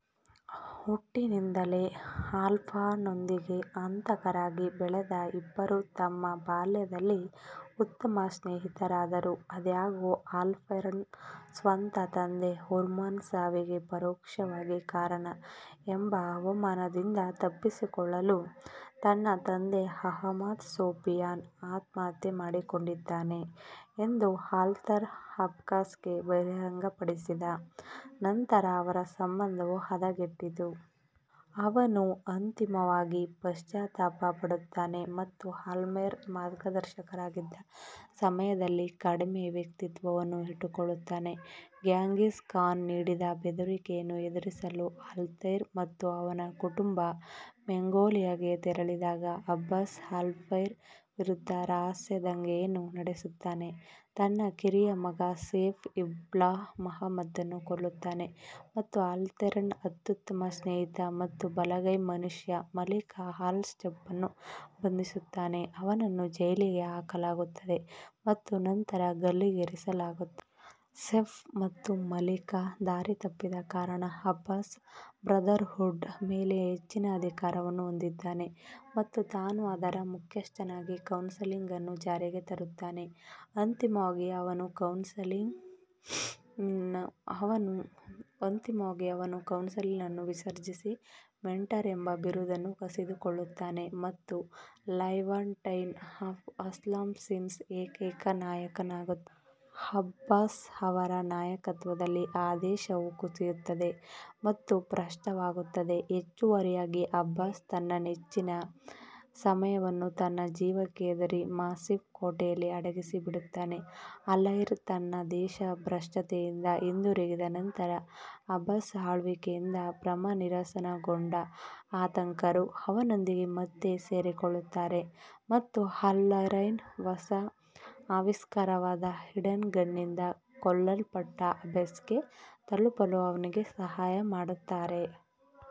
ಹುಟ್ಟಿನಿಂದಲೇ ಅಲ್ತೈರ್ನೊಂದಿಗೆ ಹಂತಕರಾಗಿ ಬೆಳೆದ ಇಬ್ಬರೂ ತಮ್ಮ ಬಾಲ್ಯದಲ್ಲಿ ಉತ್ತಮ ಸ್ನೇಹಿತರಾದರು. ಆದಾಗ್ಯೂ, ಅಲ್ತೈರ್ನ ಸ್ವಂತ ತಂದೆ ಉಮರ್ನ ಸಾವಿಗೆ ಪರೋಕ್ಷವಾಗಿ ಕಾರಣ ಎಂಬ ಅವಮಾನದಿಂದ ತಪ್ಪಿಸಿಕೊಳ್ಳಲು ತನ್ನ ತಂದೆ ಅಹ್ಮದ್ ಸೋಫಿಯಾನ್ ಆತ್ಮಹತ್ಯೆ ಮಾಡಿಕೊಂಡಿದ್ದಾನೆ ಎಂದು ಅಲ್ತೈರ್ ಅಬ್ಬಾಸ್ಗೆ ಬಹಿರಂಗಪಡಿಸಿದ ನಂತರ ಅವರ ಸಂಬಂಧವು ಹದಗೆಟ್ಟಿತು. ಅವನು ಅಂತಿಮವಾಗಿ ಪಶ್ಚಾತ್ತಾಪ ಪಡುತ್ತಾನೆ ಮತ್ತು ಆಲ್ಟೈರ್ನ ಮಾರ್ಗದರ್ಶಕರಾಗಿದ್ದ ಸಮಯದಲ್ಲಿ ಕಡಿಮೆ ವ್ಯಕ್ತಿತ್ವವನ್ನು ಇಟ್ಟುಕೊಳ್ಳುತ್ತಾನೆ. ಗೆಂಘಿಸ್ ಖಾನ್ ನೀಡಿದ ಬೆದರಿಕೆಯನ್ನು ಎದುರಿಸಲು ಅಲ್ತೈರ್ ಮತ್ತು ಅವನ ಕುಟುಂಬ ಮಂಗೋಲಿಯಾಗೆ ತೆರಳಿದಾಗ, ಅಬ್ಬಾಸ್ ಅಲ್ತೈರ್ ವಿರುದ್ಧ ರಹಸ್ಯ ದಂಗೆಯನ್ನು ನಡೆಸುತ್ತಾನೆ; ತನ್ನ ಕಿರಿಯ ಮಗ ಸೆಫ್ ಇಬ್ನ್-ಲಾ 'ಅಹದ್ನನ್ನು ಕೊಲ್ಲುತ್ತಾನೆ ಮತ್ತು ಅಲ್ತೈರ್ನ ಅತ್ಯುತ್ತಮ ಸ್ನೇಹಿತ ಮತ್ತು ಬಲಗೈ ಮನುಷ್ಯ ಮಲಿಕ್ ಅಲ್-ಸೈಫ್ನನ್ನು ಬಂಧಿಸುತ್ತಾನೆ, ಅವನನ್ನು ಜೈಲಿಗೆ ಹಾಕಲಾಗುತ್ತದೆ ಮತ್ತು ನಂತರ ಗಲ್ಲಿಗೇರಿಸಲಾಗುತ್ತದೆ. ಸೆಫ್ ಮತ್ತು ಮಲಿಕ್ ದಾರಿ ತಪ್ಪಿದ ಕಾರಣ, ಅಬ್ಬಾಸ್ ಬ್ರದರ್ಹುಡ್ನ ಮೇಲೆ ಹೆಚ್ಚಿನ ಅಧಿಕಾರವನ್ನು ಹೊಂದಿದ್ದಾನೆ ಮತ್ತು ತಾನು ಅದರ ಮುಖ್ಯಸ್ಥನಾಗಿ ಕೌನ್ಸಿಲ್ ಅನ್ನು ಜಾರಿಗೆ ತರುತ್ತಾನೆ. ಅಂತಿಮವಾಗಿ, ಅವನು ಕೌನ್ಸಿಲ್ ಅನ್ನು ವಿಸರ್ಜಿಸಿ, ಮೆಂಟರ್ ಎಂಬ ಬಿರುದನ್ನು ಕಸಿದುಕೊಳ್ಳುತ್ತಾನೆ ಮತ್ತು ಲೆವಾಂಟೈನ್ ಅಸ್ಸಾಸಿನ್ಸ್ನ ಏಕೈಕ ನಾಯಕನಾಗುತ್ತಾನೆ. ಅಬ್ಬಾಸ್ ಅವರ ನಾಯಕತ್ವದಲ್ಲಿ, ಆದೇಶವು ಕುಸಿಯುತ್ತದೆ ಮತ್ತು ಭ್ರಷ್ಟವಾಗುತ್ತದೆ. ಹೆಚ್ಚುವರಿಯಾಗಿ, ಅಬ್ಬಾಸ್ ತನ್ನ ಹೆಚ್ಚಿನ ಸಮಯವನ್ನು ತನ್ನ ಜೀವಕ್ಕೆ ಹೆದರಿ ಮಸೀಫ್ನ ಕೋಟೆಯಲ್ಲಿ ಅಡಗಿಸಿಡುತ್ತಾನೆ. ಅಲ್ತೈರ್ ತನ್ನ ದೇಶಭ್ರಷ್ಟತೆಯಿಂದ ಹಿಂದಿರುಗಿದ ನಂತರ, ಅಬ್ಬಾಸ್ ಆಳ್ವಿಕೆಯಿಂದ ಭ್ರಮನಿರಸನಗೊಂಡ ಹಂತಕರು, ಅವನೊಂದಿಗೆ ಮತ್ತೆ ಸೇರಿಕೊಳ್ಳುತ್ತಾರೆ ಮತ್ತು ಅಲ್ತೈರ್ನ ಹೊಸ ಆವಿಷ್ಕಾರವಾದ ಹಿಡನ್ ಗನ್ನಿಂದ ಕೊಲ್ಲಲ್ಪಟ್ಟ ಅಬ್ಬಾಸ್ಗೆ ತಲುಪಲು ಅವನಿಗೆ ಸಹಾಯ ಮಾಡುತ್ತಾರೆ.